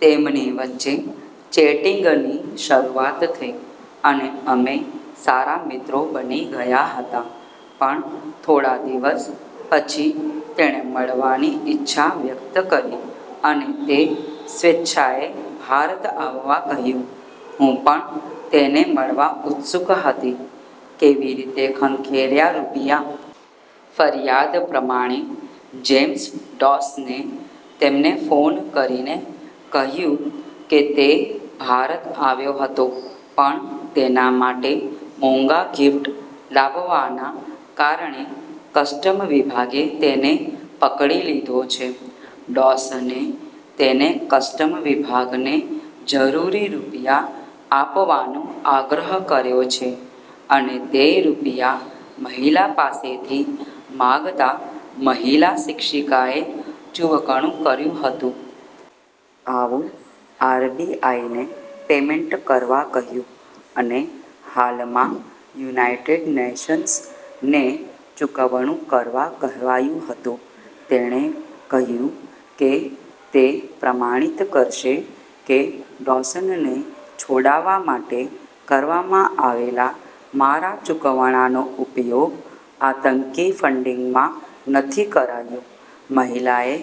તેમની વચ્ચે ચેટિંગની શરૂઆત થઈ અને અમે સારા મિત્રો બની ગયા હતા, પણ થોડાદિવસ પછી તેણે મળવાની ઈચ્છા વ્યક્ત કરી અને તે સ્વેચ્છાએ ભારત આવવા કહ્યું. હું પણ તેને મળવા ઉત્સુક હતી. કેવી રીતે ખંખેર્યા રૂપિયા? ફરિયાદ પ્રમાણે, જેમ્સ ડોસને તેમને ફોન કરીને કહ્યું કે તે ભારત આવ્યો હતો પણ તેના માટે મોંઘા ગીફ્ટ લાવવાના કારણે કસ્ટમ વિભાગે તેને પકડી લીધો છે. ડોસને તેને કસ્ટમ વિભાગને જરૂરી રૂપિયા આપવાનો આગ્રહ કર્યો છે અને તે રૂપિયા મહિલા પાસેથી માગતા મહિલા શિક્ષિકાએ ચુવકણું કર્યું હતું. આવુંઆરબીઆઈને પેમેન્ટ કરવા કહ્યું અને હાલમાં યુનાઈટેડ નેશન્સ ને ચુકવણું કરવા કહેવાયું હતું. તેણે કહ્યું કે તે પ્રમાણિત કરશે કે ડોશનને છોડાવા માટે કરવામાં આવેલા મારા ચુકવણાનો ઉપયોગ આતંકી ફંડિંગમાં નથી કરાયું. મહિલાએ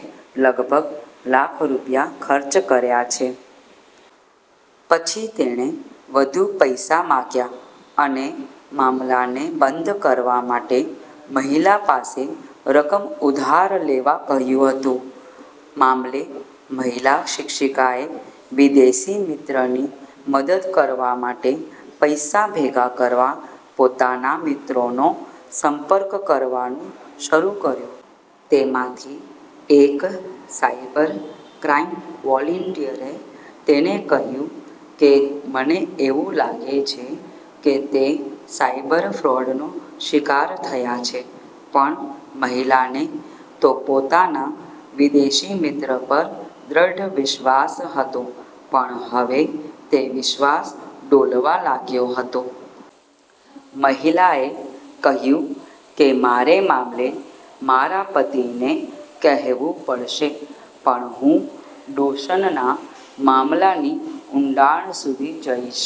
લગભગ લાખ રૂપિયા ખર્ચ કર્યા છે. પછી તેણે વધુ પૈસા માગ્યા અને મામલાને બંધ કરવા માટે મહિલા પાસે રકમ ઉધાર લેવા કહ્યું હતું. મામલે મહિલા શિક્ષિકાએ વિદેશી મિત્રની મદદ કરવા માટે પૈસા ભેગા કરવા પોતાના મિત્રોનો સંપર્ક કરવાનું શરૂ કર્યું. તેમાંથી એક સાયબર ક્રાઈમ વોલેંટિયરે તેને કહ્યું કે મને એવું લાગે છે કે તે સાયબર ફ્રોડનો શિકાર થયા છે. પણ મહિલાને તો પોતાના વિદેશી મિત્ર પર દ્રઢ વિશ્વાસ હતો પણ હવે તે વિશ્વાસ ડોલવા લાગ્યો હતો. મહિલાએ કહ્યું કે મારેમામલે મારા પતિને કહેવું પડશે, પણ હું ડોશનના મામલાની ઉંડાણ સુધી જઈશ.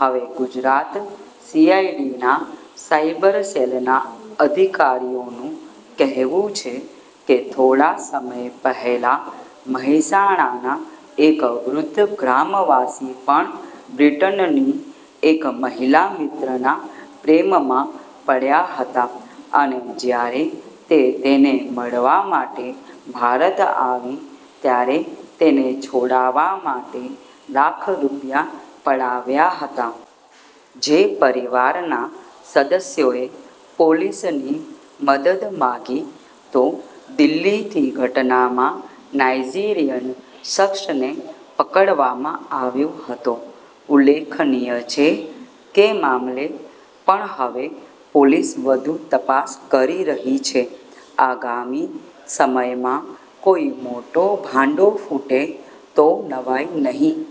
હવે ગુજરાત સીઆઈડીના સાયબર સેલના અધિકારીઓનું કહેવું છે કે થોડા સમય પહેલા મહેસાણાના એક વૃદ્ધ ગ્રામવાસી પણ બ્રિટનની એક મહિલા મિત્રના પ્રેમમાં પડ્યા હતા અને જ્યારે તે તેને મળવા માટે ભારત આવી ત્યારે તેને છોડાવા માટે લાખ રૂપિયા પડાવ્યા હતા. જે પરિવારના સદસ્યોએ પોલીસની મદદ માગી તો દિલ્હીથીઘટનામાં નાઈઝીરિયન શખ્સને પકડવામાં આવ્યો હતો. ઉલ્લેખનીય છે કેમામલે પણ હવે પોલીસ વધુ તપાસ કરી રહી છે. આગામી સમયમાં કોઈ મોટો ભાંડો ફૂટે તો નવાઈ નહીં.